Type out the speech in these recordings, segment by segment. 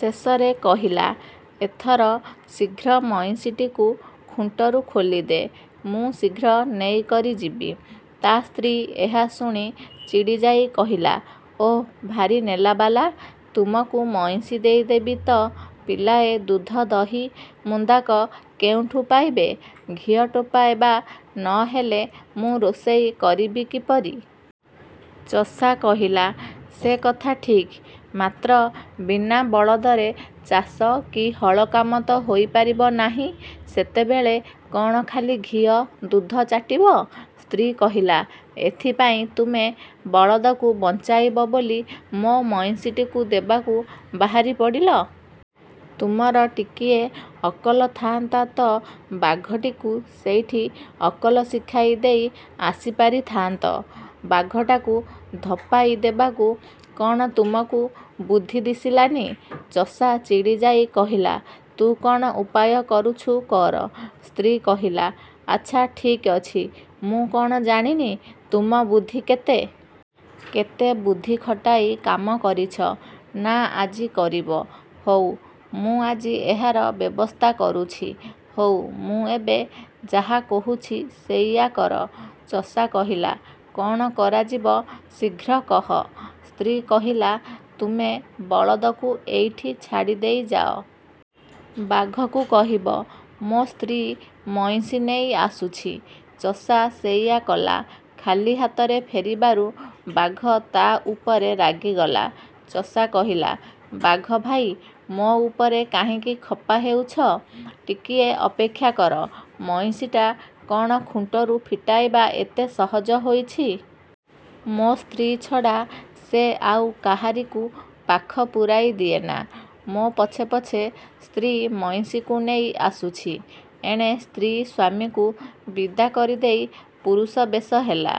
ଶେଷରେ କହିଲା, ଏଥର ଶୀଘ୍ର ମଇଁଷିଟିକୁ ଖୁଣ୍ଟରୁ ଖୋଲିଦେ! ମୁଁ ଶୀଘ୍ର ନେଇକରି ଯିବି। ତା ସ୍ତ୍ରୀ ଏହା ଶୁଣି ଚିଡ଼ିଯାଇ କହିଲା, ଓଃ, ଭାରି ନେଲାବାଲା, ତୁମକୁ ମଇଁଷି ଦେଇଦେବି ତ ପିଲାଏ ଦୁଧ ଦହି ମୁନ୍ଦାକ କେଉଁଠୁ ପାଇବେ? ଘିଅ ଟୋପାଏ ବା ନ ହେଲେ ମୁଁ ରୋଷେଇ କରିବି କିପରି? ଚଷା କହିଲା, ସେ କଥା ଠିକ୍, ମାତ୍ର ବିନା ବଳଦରେ ଚାଷ କି ହଳ କାମ ତ ହୋଇପାରିବ ନାହିଁ। ସେତେବେଳେ କ'ଣ ଖାଲି ଘିଅ, ଦୁଧ ଚାଟିବ? ସ୍ତ୍ରୀ କହିଲା, ଏଥିପାଇଁ ତୁମେ ବଳଦକୁ ବଞ୍ଚାଇବ ବୋଲି ମୋ ମଇଁଷିଟିକୁ ଦେବାକୁ ବାହାରି ପଡ଼ିଲ। ତୁମର ଟିକିଏ ଅକଲ ଥାଆନ୍ତା ତ ବାଘଟିକୁ ସେଇଠି ଅକଲ ଶିଖାଇ ଦେଇ ଆସି ପାରିଥାନ୍ତ। ବାଘଟାକୁ ଧପାଇ ଦେବାକୁ କ'ଣ ତୁମକୁ ବୁଦ୍ଧି ଦିଶିଲାନି। ଚଷା ଚିଡ଼ିଯାଇ କହିଲା, ତୁ କ'ଣ ଉପାୟ କରୁଛୁ କର! ସ୍ତ୍ରୀ କହିଲା, ଆଚ୍ଛା ଠିକ୍ ଅଛି। ମୁଁ କ'ଣ ଜାଣିନି, ତୁମ ବୁଦ୍ଧି କେତେ? କେତେ ବୁଦ୍ଧି ଖଟାଇ କାମ କରିଛ, ନା ଆଜି କରିବ? ହଉ ମୁଁ ଆଜି ଏହାର ବ୍ୟବସ୍ଥା କରୁଛି। ହଉ ମୁଁ ଏବେ ଯାହା କହୁଛି ସେଇଆ କର। ଚଷା କହିଲା, କ'ଣ କରାଯିବ ଶୀଘ୍ର କହ। ସ୍ତ୍ରୀ କହିଲା, ତୁମେ ବଳଦକୁ ଏଇଠି ଛାଡ଼ିଦେଇ ଯାଅ। ବାଘକୁ କହିବ, ମୋ ସ୍ତ୍ରୀ ମଇଁଷି ନେଇ ଆସୁଛି। ଚଷା ସେଇଆ କଲା। ଖାଲି ହାତରେ ଫେରିବାରୁ ବାଘ ତା ଉପରେ ରାଗିଗଲା। ଚଷା କହିଲା, ବାଘ ଭାଇ! ମୋ ଉପରେ କାହିଁକି ଖପା ହେଉଛ? ଟିକିଏ ଅପେକ୍ଷା କର। ମଇଁଷିଟା କ'ଣ ଖୁଣ୍ଟରୁ ଫିଟାଇବା ଏତେ ସହଜ ହୋଇଛି? ମୋ ସ୍ତ୍ରୀ ଛଡ଼ା ସେ ଆଉ କାହାରିକୁ ପାଖ ପୂରାଇ ଦିଏନା। ମୋ ପଛେ ପଛେ ସ୍ତ୍ରୀ ମଇଁଷିକୁ ନେଇ ଆସୁଛି। ଏଣେ ସ୍ତ୍ରୀ ସ୍ୱାମୀକୁ ବିଦା କରିଦେଇ ପୁରୁଷ ବେଶ ହେଲା।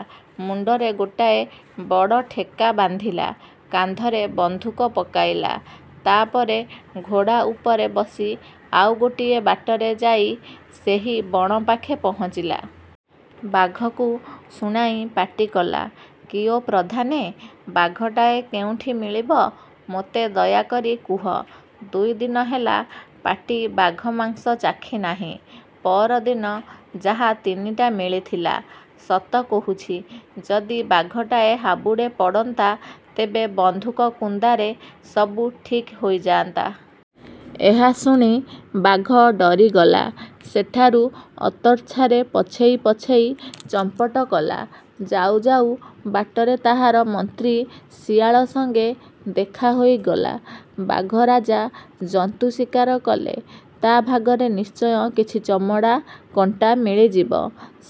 ମୁଣ୍ଡରେ ଗୋଟାଏ ବଡ଼ ଠେକା ବାନ୍ଧିଲା। କାନ୍ଧରେ ବନ୍ଧୁକ ପକାଇଲା। ତା ପରେ ଘୋଡ଼ା ଉପରେ ବସି ଆଉ ଗୋଟିଏ ବାଟରେ ଯାଇ ସେହି ବଣ ପାଖେ ପହଞ୍ଚିଲା। ବାଘକୁ ଶୁଣାଇ ପାଟି କଲା, କିଓ ପ୍ରଧାନେ! ବାଘଟାଏ କେଉଁଠି ମିଳିବ ମୋତେ ଦୟାକରି କୁହ। ଦୁଇ ଦିନ ହେଲା ପାଟି ବାଘ ମାଂସ ଚାଖିନାହିଁ। ପଅରଦିନ ଯାହା ତିନିଟା ମିଳିଥିଲା। ସତ କହୁଛି ଯଦି ବାଘଟାଏ ହାବୁଡ଼େ ପଡ଼ନ୍ତା, ତେବେ ବନ୍ଧୁକ କୁନ୍ଦାରେ ସବୁ ଠିକ୍ ହୋଇଯାଆନ୍ତା। ଏହା ଶୁଣି ବାଘ ଡରିଗଲା। ସେଠାରୁ ଅତର୍ଚ୍ଛାରେ ପଛେଇ ପଛେଇ ଚମ୍ପଟ କଲା। ଯାଉ ଯାଉ ବାଟରେ ତାହାର ମନ୍ତ୍ରୀ ଶିଆଳ ସଙ୍ଗେ ଦେଖା ହୋଇଗଲା। ବାଘ ରାଜା ଜନ୍ତୁ ଶିକାର କଲେ ତା ଭାଗରେ ନିଶ୍ଚୟ କିଛି ଚମଡ଼ା, କଣ୍ଟା ମିଳିଯିବ।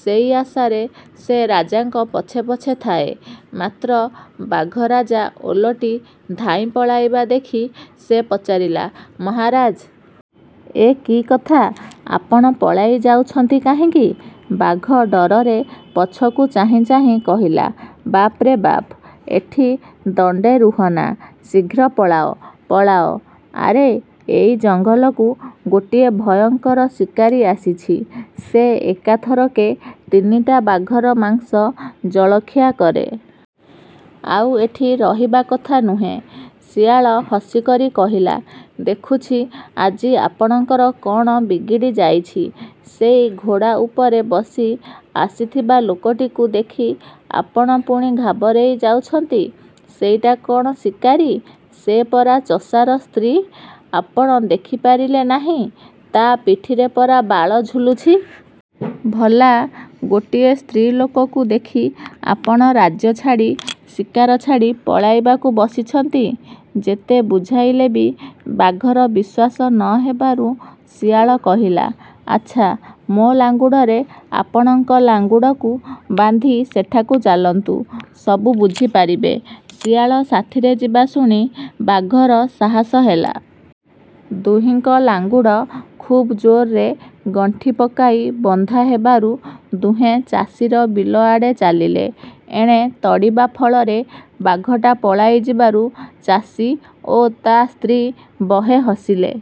ସେଇ ଆଶାରେ ସେ ରାଜାଙ୍କ ପଛେ ପଛେ ଥାଏ, ମାତ୍ର ବାଘ ରାଜା ଓଲଟି ଧାଇଁ ପଳାଇବା ଦେଖି ସେ ପଚାରିଲା, ମହାରାଜ! ଏ କି କଥା? ଆପଣ ପଳାଇ ଯାଉଛନ୍ତି କାହିଁକି? ବାଘ ଡରରେ ପଛକୁ ଚାହିଁ ଚାହିଁ କହିଲା, ବାପ୍ରେ ବାପ! ଏଠି ଦଣ୍ଡେ ରୁହନା! ଶୀଘ୍ର ପଳାଅ! ପଳାଅ! ଆରେ ଏଇ ଜଙ୍ଗଲକୁ ଗୋଟିଏ ଭୟଙ୍କର ଶିକାରୀ ଆସିଛି। ସେ ଏକା ଥରକେ ତିନିଟା ବାଘର ମାଂସ ଜଳଖିଆ କରେ। ଆଉ ଏଠି ରହିବା କଥା ନୁହେଁ। ଶିଆଳ ହସିକରି କହିଲା, ଦେଖୁଛି ଆଜି ଆପଣଙ୍କର କ'ଣ ବିଗିଡ଼ି ଯାଇଛି। ସେଇ ଘୋଡ଼ା ଉପରେ ବସି ଆସିଥିବା ଲୋକଟିକୁ ଦେଖି ଆପଣ ପୁଣି ଘାବରେଇ ଯାଉଛନ୍ତି। ସେଇଟା କ'ଣ ଶିକାରୀ? ସେ ପରା ଚଷାର ସ୍ତ୍ରୀ। ଆପଣ ଦେଖିପାରିଲେ ନାହିଁ ତା ପିଠିରେ ପରା ବାଳ ଝୁଲୁଛି? ଭଲା ଗୋଟିଏ ସ୍ତ୍ରୀ ଲୋକକୁ ଦେଖି ଆପଣ ରାଜ୍ୟ ଛାଡ଼ି, ଶିକାର ଛାଡ଼ି ପଳାଇବାକୁ ବସିଛନ୍ତି! ଯେତେ ବୁଝାଇଲେ ବି ବାଘର ବିଶ୍ୱାସ ନ ହେବାରୁ ଶିଆଳ କହିଲା, ଆଚ୍ଛା ମୋ ଲାଙ୍ଗୁଡ଼ରେ ଆପଣଙ୍କ ଲାଙ୍ଗୁଡ଼କୁ ବାନ୍ଧି ସେଠାକୁ ଚାଲନ୍ତୁ। ସବୁ ବୁଝିପାରିବେ। ଶିଆଳ ସାଥିରେ ଯିବା ଶୁଣି ବାଘର ସାହସ ହେଲା। ଦୁହିଁଙ୍କ ଲାଙ୍ଗୁଡ଼ ଖୁବ୍ ଜୋରରେ ଗଣ୍ଠି ପକାଇ ବନ୍ଧା ହେବାରୁ ଦୁହେଁ ଚାଷୀର ବିଲ ଆଡ଼େ ଚାଲିଲେ। ଏଣେ ତଡ଼ିବା ଫଳରେ ବାଘଟା ପଳାଇ ଯିବାରୁ ଚାଷୀ ଓ ତା ସ୍ତ୍ରୀ ବହେ ହସିଲେ।